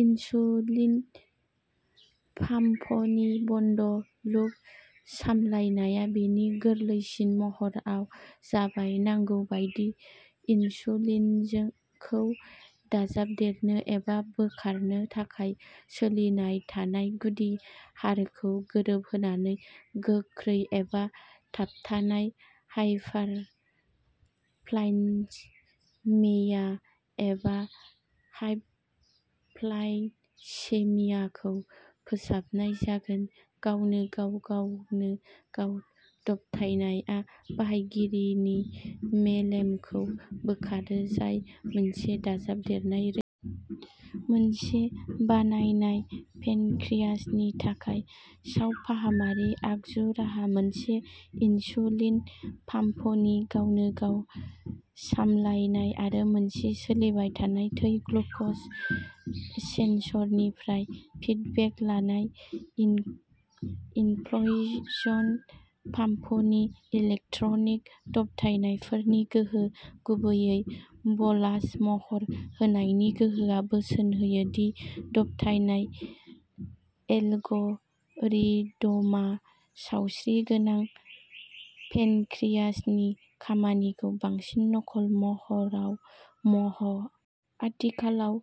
Insulin पाम्पनि बन्द loop सामलायनाया बेनि गोरलैसिन महराव जाबाय नांगौ बायदि इनसुलिनखौ दाजाबदेरनो एबा बोखारनो थाखाय सोलिबाय थानाय गुदि हारखौ गोरोबहोनानै गोख्रै एबा थाबथानाय हाइपारग्लाइसेमिया एबा हाइप'ग्लाइसेमियाखौ फोसाबनाय जागोन, गावनो गाव। गावनो गाव दबथायनाया बाहायगिरिनि मेलेमखौ बोखारो, जाय मोनसे दाजाबदेरनाय रैखाथि जानो हागौ जेब्ला खारिआ गोरोन्थिनि सायाव सोनारो आरो खामानि मावनायनि सिगां बेखौ फोरमान खालामथारनांगौ। मोनसे बानायनाय पेनक्रियाजनि थाखाय सावफाहामारि आगजु राहाः मोनसे इनसुलिन पाम्पनि गावनो-गाव सामलायनाय आरो मोनसे सोलिबाय थानाय थै ग्लुक'ज सेनसरनिफ्राय फिडबेक लानाय। इनफ्युजन पाम्पनि इलेक्ट्रनिक दबथायनायफोरनि गोहो, गुबैयै बलास महर होनायनि गोहोआ, बोसोन होयो दि दबथायनाय एलगरिदमा सावस्रिगोनां पेनक्रियाजनि खामानिखौ बांसिन नकल महराव महर होनो हागौ। आथिखालाव,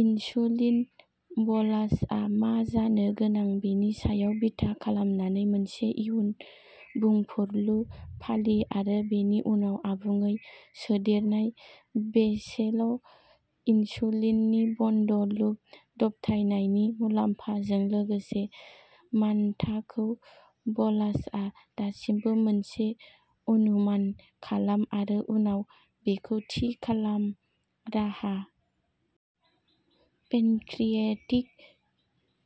इनसुलिन बलासआ मा जानो गोनां बेनि सायाव बिथा खालामनानै मोनसे इयुन बुंफुरलु फालि, आरो बेनि उनाव आबुङै सोदेरनाय। बेसेल इनसुलिननि बन्द-लुप दबथायनायनि मुलाम्फाजों लोगोसे, मानथाखो बलासआ दासिमबो मोनसे "अनुमान खालाम आरो उनाव बेखौ थि खालाम" राहा। पेनक्रियेटिक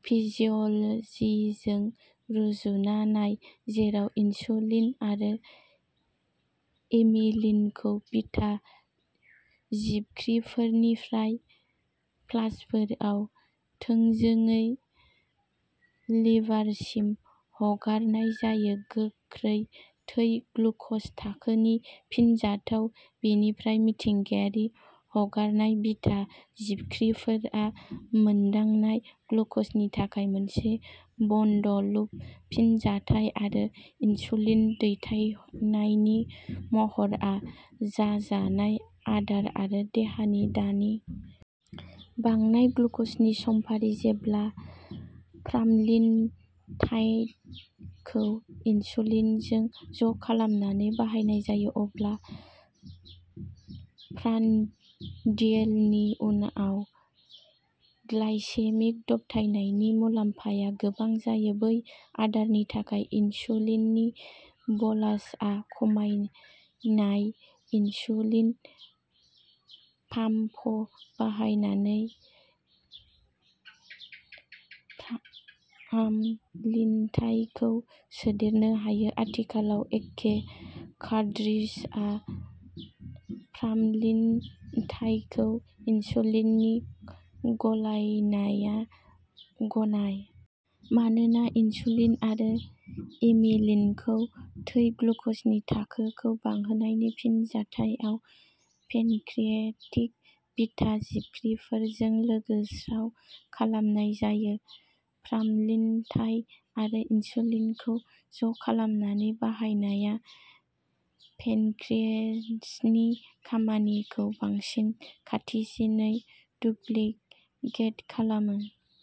फिजिअल'जिजों रुजुना नाय, जेराव इनसुलिन आरो एमिलिनखौ बिटा जिबख्रिफोरनिफ्राय पाल्सफोराव थोंजोङै लिभारसिम हगारनाय जायो, गोख्रै थै ग्लुक'ज थाखोनि फिनजाथायाव। बेनिफ्राय मिथिंगायारि हगारनाय। बिटा जिबख्रिफोरा मोनदांनाय ग्लुकजनि थाखाय मोनसे बन्द लुप फिनजाथाय, आरो इनसुलिन दैथायनायनि महरा जाजानाय आदार आरो देहानि दानि मेटाबलिक गोहोनि थाखाय गोरोबथाव आरो आरजाथाव। बांनाय ग्लुकजनि समफारि। जेब्ला प्रामलिनटाइड खौ इनसुलिनजों ज'खालामनानै बाहायनाय जायो, अब्ला प्रान्डियेलनि उनाव ग्लाइसेमिक दबथायनायनि मुलाम्फाया गोबां जायो। बै आदारनि थाखाय इनसुलिन बलासआव खमायनाय। इनसुलिन पाम्प बाहायनानै प्रामलिनटाइडखौ सोदेरनो हायो। आथिखालाव, एखे कार्ट्रिजआव प्रामलिनटाइड आरो इनसुलिननि गलायनाया गनायजानाय हुदा नङा, बेनिखायनो मोननै सोदेरनाय पाम्पफोरखौ एखे समावनो बाहायनाय जायो। मानोना इनसुलिन आरो एमिलिनखौ थै ग्लुकजनि थाखोखौ बांहोनायनि फिनजाथायाव पेनक्रिएटिक बिटा जिबख्रिफोरजों लोगो-स्राव खालामनाय जायो, प्रामलिनटाइड आरो इनसुलिनखौ ज'खालामनानै बाहायनाया पेनक्रियेजनि खामानिखौ बांसिन खाथिसिनै डुप्लिकेट खालामो।